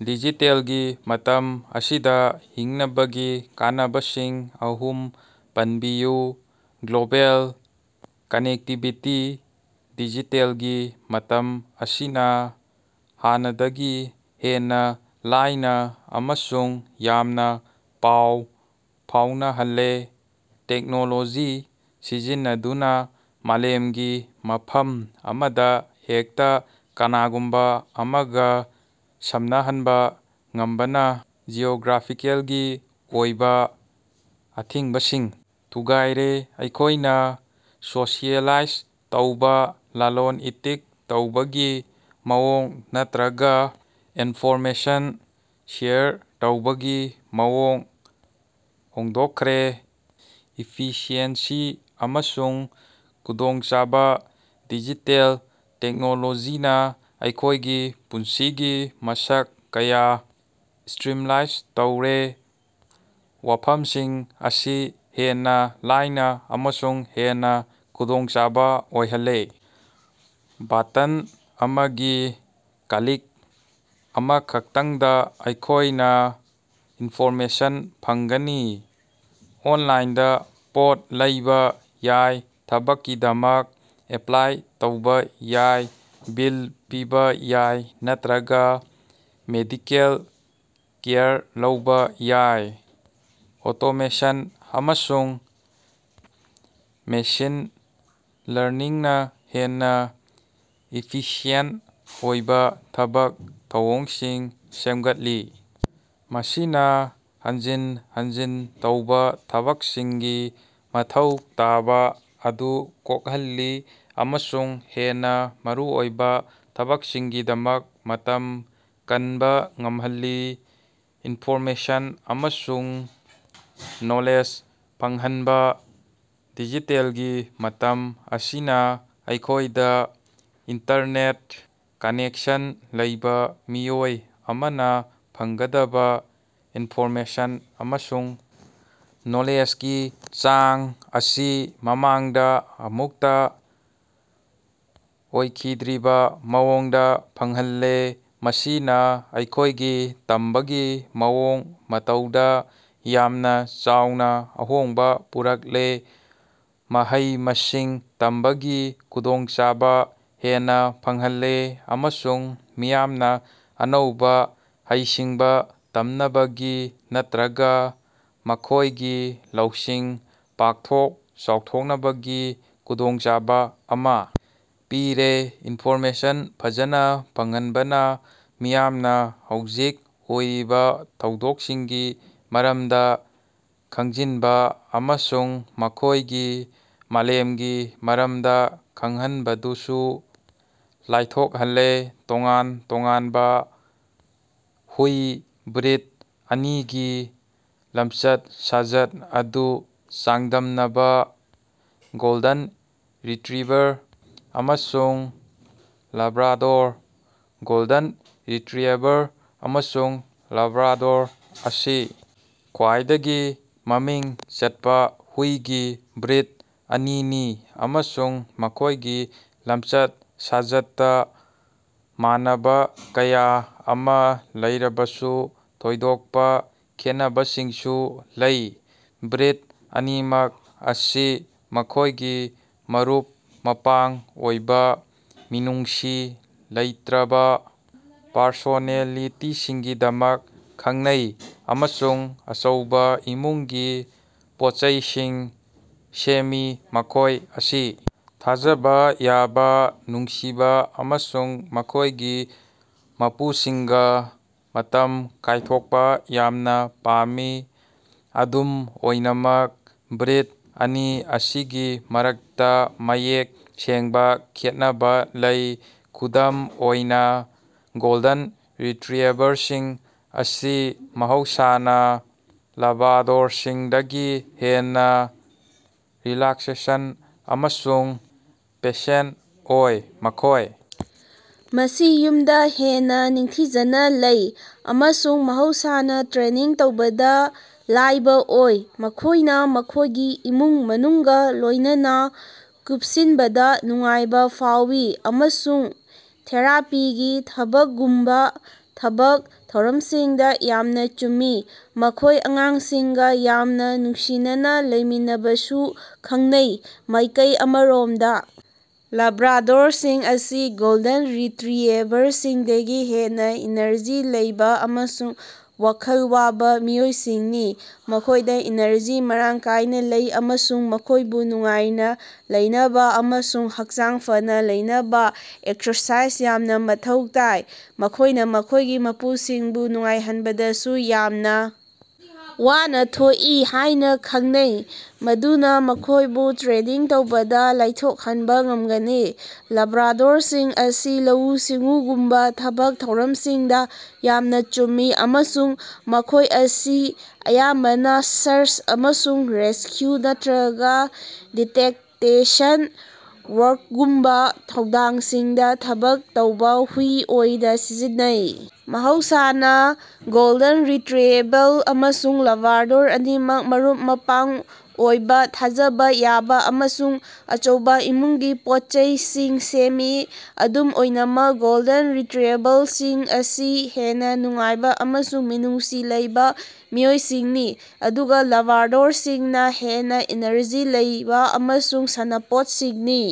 ꯗꯤꯖꯤꯇꯦꯜꯒꯤ ꯃꯇꯝ ꯑꯁꯤꯗ ꯍꯤꯡꯅꯕꯒꯤ ꯀꯥꯟꯅꯕꯁꯤꯡ ꯑꯍꯨꯝ ꯄꯟꯕꯤꯌꯨ꯫ ꯒ꯭ꯂꯣꯕꯦꯜ ꯀꯥꯅꯦꯛꯇꯤꯕꯤꯇꯤ - ꯗꯤꯖꯤꯇꯦꯜꯒꯤ ꯃꯇꯝ ꯑꯁꯤꯅ ꯍꯥꯟꯅꯗꯒꯤ ꯍꯦꯟꯅ ꯂꯥꯏꯅ ꯑꯃꯁꯨꯡ ꯌꯥꯡꯅ ꯄꯥꯎ ꯐꯥꯎꯅꯍꯜꯂꯦ꯫ ꯇꯦꯛꯅꯣꯂꯣꯖꯤ ꯁꯤꯖꯤꯟꯅꯗꯨꯅ ꯃꯥꯂꯦꯝꯒꯤ ꯃꯐꯝ ꯑꯃꯗ ꯍꯦꯛꯇ ꯀꯅꯥꯒꯨꯝꯕ ꯑꯃꯒ ꯁꯝꯅꯍꯟꯕ ꯉꯝꯕꯅ ꯖꯤꯑꯣꯒ꯭ꯔꯥꯐꯤꯀꯦꯜꯒꯤ ꯑꯣꯏꯕ ꯑꯊꯤꯡꯕꯁꯤꯡ ꯊꯨꯒꯥꯏꯔꯦ, ꯑꯩꯈꯣꯏꯅ ꯁꯣꯁꯤꯑꯦꯂꯥꯏꯖ ꯇꯧꯕ, ꯂꯥꯂꯣꯟ-ꯏꯇꯤꯛ ꯇꯧꯕꯒꯤ ꯃꯑꯣꯡ ꯅꯠꯇꯔꯒ ꯏꯟꯐꯣꯔꯃꯦꯁꯟ ꯁꯦꯌꯔ ꯇꯧꯕꯒꯤ ꯃꯑꯣꯡ ꯍꯣꯡꯗꯣꯛꯈ꯭ꯔꯦ꯫ ꯏꯐꯤꯁꯤꯑꯦꯟꯁꯤ ꯑꯃꯁꯨꯡ ꯈꯨꯗꯣꯡꯆꯥꯕ - ꯗꯤꯖꯤꯇꯦꯜ ꯇꯦꯛꯅꯣꯂꯣꯖꯤꯅ ꯑꯩꯈꯣꯏꯒꯤ ꯄꯨꯟꯁꯤꯒꯤ ꯃꯁꯛ ꯀꯌꯥ ꯁ꯭ꯇꯔꯤꯝꯂꯥꯏꯟ ꯇꯧꯔꯦ, ꯋꯥꯐꯝꯁꯤꯡ ꯑꯁꯤ ꯍꯦꯟꯅ ꯂꯥꯏꯅꯥ ꯑꯃꯁꯨꯡ ꯍꯦꯟꯅ ꯈꯨꯗꯣꯡꯆꯥꯕ ꯑꯣꯏꯍꯜꯂꯦ꯫ ꯕꯇꯟ ꯑꯃꯒꯤ ꯀ꯭ꯂꯤꯛ ꯑꯃꯈꯛꯇꯪꯗ ꯑꯩꯈꯣꯏꯅ ꯏꯟꯐꯣꯔꯃꯦꯁꯟ ꯐꯪꯒꯅꯤ, ꯑꯣꯟꯂꯥꯏꯟꯗ ꯄꯣꯠ ꯂꯩꯕ ꯌꯥꯏ, ꯊꯕꯛꯀꯤꯗꯃꯛ ꯑꯦꯄ꯭ꯂꯥꯏ ꯇꯧꯕ ꯌꯥꯏ, ꯕꯤꯜ ꯄꯤꯕ ꯌꯥꯏ ꯅꯠꯇꯔꯒ ꯃꯦꯗꯤꯀꯦꯜ ꯀꯦꯌꯔ ꯂꯧꯕ ꯌꯥꯏ꯫ ꯑꯣꯇꯣꯃꯦꯁꯟ ꯑꯃꯁꯨꯡ ꯃꯦꯁꯤꯟ ꯂꯔꯅꯤꯡꯅ ꯍꯦꯟꯅ ꯏꯐꯤꯁꯤꯌꯦꯟꯇ ꯑꯣꯏꯕ ꯊꯕꯛ ꯊꯧꯑꯣꯡꯁꯤꯡ ꯁꯦꯝꯒꯠꯂꯤ, ꯃꯁꯤꯅ ꯍꯟꯖꯤꯟ ꯍꯟꯖꯤꯟ ꯇꯧꯕ ꯊꯕꯛꯁꯤꯡꯒꯤ ꯃꯊꯧ ꯇꯥꯕ ꯑꯗꯨ ꯀꯣꯛꯍꯜꯂꯤ ꯑꯃꯁꯨꯡ ꯍꯦꯟꯅ ꯃꯔꯨꯑꯣꯏꯕ ꯊꯕꯛꯁꯤꯡꯒꯤꯗꯃꯛ ꯃꯇꯝ ꯀꯟꯕ ꯉꯝꯍꯜꯂꯤ꯫ ꯏꯟꯐꯣꯔꯃꯦꯁꯟ ꯑꯃꯁꯨꯡ ꯅꯣꯂꯦꯖ ꯐꯪꯍꯟꯕ - ꯗꯤꯖꯤꯇꯦꯜꯒꯤ ꯃꯇꯝ ꯑꯁꯤꯅ ꯑꯩꯈꯣꯏꯗ ꯏꯟꯇꯔꯅꯦꯠ ꯀꯥꯅꯦꯛꯁꯟ ꯂꯩꯕ ꯃꯤꯑꯣꯏ ꯑꯃꯅ ꯐꯪꯒꯗꯕ ꯏꯟꯐꯣꯔꯃꯦꯁꯟ ꯑꯃꯁꯨꯡ ꯅꯣꯂꯦꯖꯒꯤ ꯆꯥꯡ ꯑꯁꯤ ꯃꯃꯥꯡꯗ ꯑꯃꯨꯛꯇ ꯑꯣꯏꯈꯤꯗ꯭ꯔꯤꯕ ꯃꯑꯣꯡꯗ ꯐꯪꯍꯜꯂꯦ꯫ ꯃꯁꯤꯅ ꯑꯩꯈꯣꯏꯒꯤ ꯇꯝꯕꯒꯤ ꯃꯑꯣꯡ ꯃꯇꯧꯗ ꯌꯥꯝꯅ ꯆꯥꯎꯅ ꯑꯍꯣꯡꯕ ꯄꯨꯔꯛꯂꯦ, ꯃꯍꯩ-ꯃꯁꯤꯡ ꯇꯝꯕꯒꯤ ꯈꯨꯗꯣꯡꯆꯥꯕ ꯍꯦꯟꯅ ꯐꯪꯍꯜꯂꯦ ꯑꯃꯁꯨꯡ ꯃꯤꯌꯥꯝꯅ ꯑꯅꯧꯕ ꯍꯩꯁꯤꯡꯕ ꯇꯝꯅꯕꯒꯤ ꯅꯠꯇꯔꯒ ꯃꯈꯣꯏꯒꯤ ꯂꯧꯁꯤꯡ ꯄꯥꯛꯊꯣꯛ-ꯆꯥꯎꯊꯣꯛꯅꯕꯒꯤ ꯈꯨꯗꯣꯡꯆꯥꯕ ꯑꯃ ꯄꯤꯔꯦ꯫ ꯏꯟꯐꯣꯔꯃꯦꯁꯟ ꯐꯖꯅ ꯐꯪꯍꯟꯕꯅꯥ ꯃꯤꯌꯥꯝꯅ ꯍꯧꯖꯤꯛ ꯑꯣꯏꯔꯤꯕ ꯊꯧꯗꯣꯛꯁꯤꯡꯒꯤ ꯃꯔꯝꯗ ꯈꯪꯖꯤꯟꯕ ꯑꯃꯁꯨꯡ ꯃꯈꯣꯏꯒꯤ ꯃꯥꯂꯦꯝꯒꯤ ꯃꯔꯝꯗ ꯈꯪꯍꯟꯕꯗꯁꯨ ꯂꯥꯏꯊꯣꯛꯍꯜꯂꯦ꯫ ꯇꯣꯉꯥꯟ-ꯇꯣꯉꯥꯟꯕ ꯍꯨꯏ ꯕ꯭ꯔꯤꯗ ꯑꯅꯤꯒꯤ ꯂꯝꯆꯠ-ꯁꯥꯖꯠ ꯑꯗꯨ ꯆꯥꯡꯗꯝꯅꯕ - ꯒꯣꯜꯗꯟ ꯔꯤꯇꯔꯤꯌꯦꯚꯔ ꯑꯃꯁꯨꯡ ꯂꯥꯕ꯭ꯔꯥꯗꯣꯔ꯫ ꯒꯣꯜꯗꯟ ꯔꯤꯇꯔꯤꯌꯦꯚꯔ ꯑꯃꯁꯨꯡ ꯂꯥꯕ꯭ꯔꯥꯗꯣꯔ ꯑꯁꯤ ꯈ꯭ꯋꯥꯏꯗꯒꯤ ꯃꯃꯤꯡ ꯆꯠꯄ ꯍꯨꯏꯒꯤ ꯕ꯭ꯔꯤꯗ ꯑꯅꯤꯅꯤ, ꯑꯃꯁꯨꯡ ꯃꯈꯣꯏꯒꯤ ꯂꯝꯆꯠ-ꯁꯥꯖꯠꯇ ꯃꯥꯟꯅꯕꯥ ꯀꯌꯥ ꯑꯃ ꯂꯩꯔꯕꯁꯨ, ꯊꯣꯏꯗꯣꯛꯄ ꯈꯦꯠꯅꯕꯁꯤꯡꯁꯨ ꯂꯩ꯫ ꯕ꯭ꯔꯤꯗ ꯑꯅꯤꯃꯛ ꯑꯁꯤ ꯃꯈꯣꯏꯒꯤ ꯃꯔꯨꯞ-ꯃꯄꯥꯡ ꯑꯣꯏꯕ, ꯃꯤꯅꯨꯡꯁꯤ ꯂꯩꯇꯔꯕꯥ ꯄꯔꯁꯣꯅꯦꯂꯤꯇꯤꯁꯤꯡꯒꯤꯗꯃꯛ ꯈꯪꯅꯩ ꯑꯃꯁꯨꯡ ꯑꯆꯧꯕ ꯏꯃꯨꯡꯒꯤ ꯄꯣꯠꯆꯩꯁꯤꯡ ꯁꯦꯝꯃꯤ꯫ ꯃꯈꯣꯏ ꯑꯁꯤ ꯊꯥꯖꯕꯥ ꯌꯥꯕ, ꯅꯨꯡꯁꯤꯕ ꯑꯃꯁꯨꯡ ꯃꯈꯣꯏꯒꯤ ꯃꯄꯨꯁꯤꯡꯒ ꯃꯇꯝ ꯀꯥꯏꯊꯣꯛꯄ ꯌꯥꯝꯅ ꯄꯥꯝꯃꯤ꯫ ꯑꯗꯨꯝ ꯑꯣꯏꯅꯃꯛ, ꯕ꯭ꯔꯤꯗ ꯑꯅꯤ ꯑꯁꯤꯒꯤ ꯃꯔꯛꯇ ꯃꯌꯦꯛ ꯁꯦꯡꯕ ꯈꯦꯠꯅꯕꯥ ꯂꯩ꯫ ꯈꯨꯗꯝ ꯑꯣꯏꯅ, ꯒꯣꯜꯗꯟ ꯔꯤꯇꯔꯤꯌꯦꯚꯔꯁꯤꯡ ꯑꯁꯤ ꯃꯍꯧꯁꯥꯅ ꯂꯥꯕ꯭ꯔꯥꯗꯣꯔꯁꯤꯡꯗꯒꯤ ꯍꯦꯟꯅ ꯔꯤꯂꯥꯛꯁꯦꯁꯟ ꯑꯃꯁꯨꯡ ꯄꯦꯁꯦꯟꯇ ꯑꯣꯏ꯫ ꯃꯈꯣꯏ ꯃꯁꯤ ꯌꯨꯝꯗ ꯍꯦꯟꯅ ꯅꯤꯡꯊꯤꯖꯅ ꯂꯩ, ꯑꯃꯁꯨꯡ ꯃꯍꯧꯁꯥꯅ ꯇ꯭ꯔꯦꯅꯤꯡ ꯇꯧꯕꯗꯥ ꯂꯥꯏꯕ ꯑꯣꯏ꯫ ꯃꯈꯣꯏꯅ ꯃꯈꯣꯏꯒꯤ ꯏꯃꯨꯡ-ꯃꯅꯨꯡꯒ ꯂꯣꯏꯅꯅ ꯀꯨꯞꯁꯤꯟꯕꯗꯥ ꯅꯨꯡꯉꯥꯏꯕ ꯐꯥꯎꯏ, ꯑꯃꯁꯨꯡ ꯊꯦꯔꯥꯄꯤꯒꯤ ꯊꯕꯛꯒꯨꯝꯕ ꯊꯕꯛ ꯊꯧꯔꯝꯁꯤꯡꯗ ꯌꯥꯝꯅ ꯆꯨꯝꯃꯤ꯫ ꯃꯈꯣꯏ ꯑꯉꯥꯡꯁꯤꯡꯒ ꯌꯥꯝꯅ ꯅꯨꯡꯁꯤꯅꯅꯥ ꯂꯩꯃꯤꯟꯅꯕꯁꯨ ꯈꯪꯅꯩ꯫ ꯃꯥꯏꯀꯩ ꯑꯃꯔꯣꯝꯗ ꯂꯥꯕ꯭ꯔꯥꯗꯣꯔꯁꯤꯡ ꯑꯁꯤ ꯒꯣꯜꯗꯟ ꯔꯤꯇꯔꯤꯌꯦꯚꯔꯁꯤꯡꯗꯒꯤ ꯍꯦꯟꯅ ꯏꯅꯔꯖꯤ ꯂꯩꯕ ꯑꯃꯁꯨꯡ ꯋꯥꯈꯜ ꯋꯥꯕ ꯃꯤꯑꯣꯏꯁꯤꯡꯅꯤ꯫ ꯃꯈꯣꯏꯗ ꯏꯅꯔꯖꯤ ꯃꯔꯥꯡ ꯀꯥꯏꯅ ꯂꯩ ꯑꯃꯁꯨꯡ ꯃꯈꯣꯏꯕꯨ ꯅꯨꯡꯉꯥꯏꯅ ꯂꯩꯅꯕꯥ ꯑꯃꯁꯨꯡ ꯍꯛꯆꯥꯡ ꯐꯅꯥ ꯂꯩꯅꯕꯥ ꯑꯦꯛꯁꯔꯁꯥꯏꯖ ꯌꯥꯝꯅ ꯃꯊꯧ ꯇꯥꯏ꯫ ꯃꯈꯣꯏꯅ ꯃꯈꯣꯏꯒꯤ ꯃꯄꯨꯁꯤꯡꯕꯨ ꯅꯨꯡꯉꯥꯏꯍꯟꯕꯗꯁꯨ ꯌꯥꯝꯅ ꯋꯥꯅ ꯊꯣꯛꯏ ꯍꯥꯏꯅ ꯈꯪꯅꯩ, ꯃꯗꯨꯅ ꯃꯈꯣꯏꯕꯨ ꯇ꯭ꯔꯦꯅꯤꯡ ꯇꯧꯕꯗ ꯂꯥꯏꯊꯣꯛꯍꯟꯕ ꯉꯝꯒꯅꯤ꯫ ꯂꯥꯕ꯭ꯔꯥꯗꯣꯔꯁꯤꯡ ꯑꯁꯤ ꯂꯧꯎ-ꯁꯤꯡꯎꯒꯨꯝꯕ ꯊꯕꯛ ꯊꯧꯔꯝꯁꯤꯡꯗ ꯌꯥꯝꯅ ꯆꯨꯝꯃꯤ, ꯑꯃꯁꯨꯡ ꯃꯈꯣꯏ ꯑꯁꯤ ꯑꯌꯥꯝꯕꯅ ꯁꯔꯆ ꯑꯃꯁꯨꯡ ꯔꯦꯁꯀ꯭ꯌꯨ ꯅꯠꯇꯔꯒ ꯗꯤꯇꯦꯛꯇꯦꯁꯟ ꯋꯥ꯭ꯔꯛꯒꯨꯝꯕ ꯊꯧꯗꯥꯡꯁꯤꯡꯗ ꯊꯕꯛ ꯇꯧꯕ ꯍꯨꯏ ꯑꯣꯏꯅ ꯁꯤꯖꯤꯟꯅꯩ꯫ ꯃꯍꯧꯁꯥꯅ, ꯒꯣꯜꯗꯟ ꯔꯤꯇꯔꯤꯌꯦꯚꯜ ꯑꯃꯁꯨꯡ ꯂꯥꯕ꯭ꯔꯥꯗꯣꯔ ꯑꯅꯤꯃꯛ ꯃꯔꯨꯞ-ꯃꯄꯥꯡ ꯑꯣꯏꯕ, ꯊꯥꯖꯕ ꯌꯥꯕ ꯑꯃꯁꯨꯡ ꯑꯆꯧꯕ ꯏꯃꯨꯡꯒꯤ ꯄꯣꯠꯆꯩꯁꯤꯡ ꯁꯦꯝꯃꯤ꯫ ꯑꯗꯨꯝ ꯑꯣꯏꯅꯃꯛ, ꯒꯣꯜꯗꯟ ꯔꯤꯇꯔꯤꯌꯦꯚꯔꯁꯤꯡ ꯑꯁꯤ ꯍꯦꯟꯅ ꯅꯨꯡꯉꯥꯏꯕ ꯑꯃꯁꯨꯡ ꯃꯤꯅꯨꯡꯁꯤ ꯂꯩꯕ ꯃꯤꯑꯣꯏꯁꯤꯡꯅꯤ, ꯑꯗꯨꯒ ꯂꯥꯕ꯭ꯔꯥꯗꯣꯔꯁꯤꯡꯅ ꯍꯦꯟꯅ ꯏꯅꯔꯖꯤ ꯂꯩꯕ ꯑꯃꯁꯨꯡ ꯁꯥꯟꯅꯄꯣꯠꯁꯤꯡꯅꯤ꯫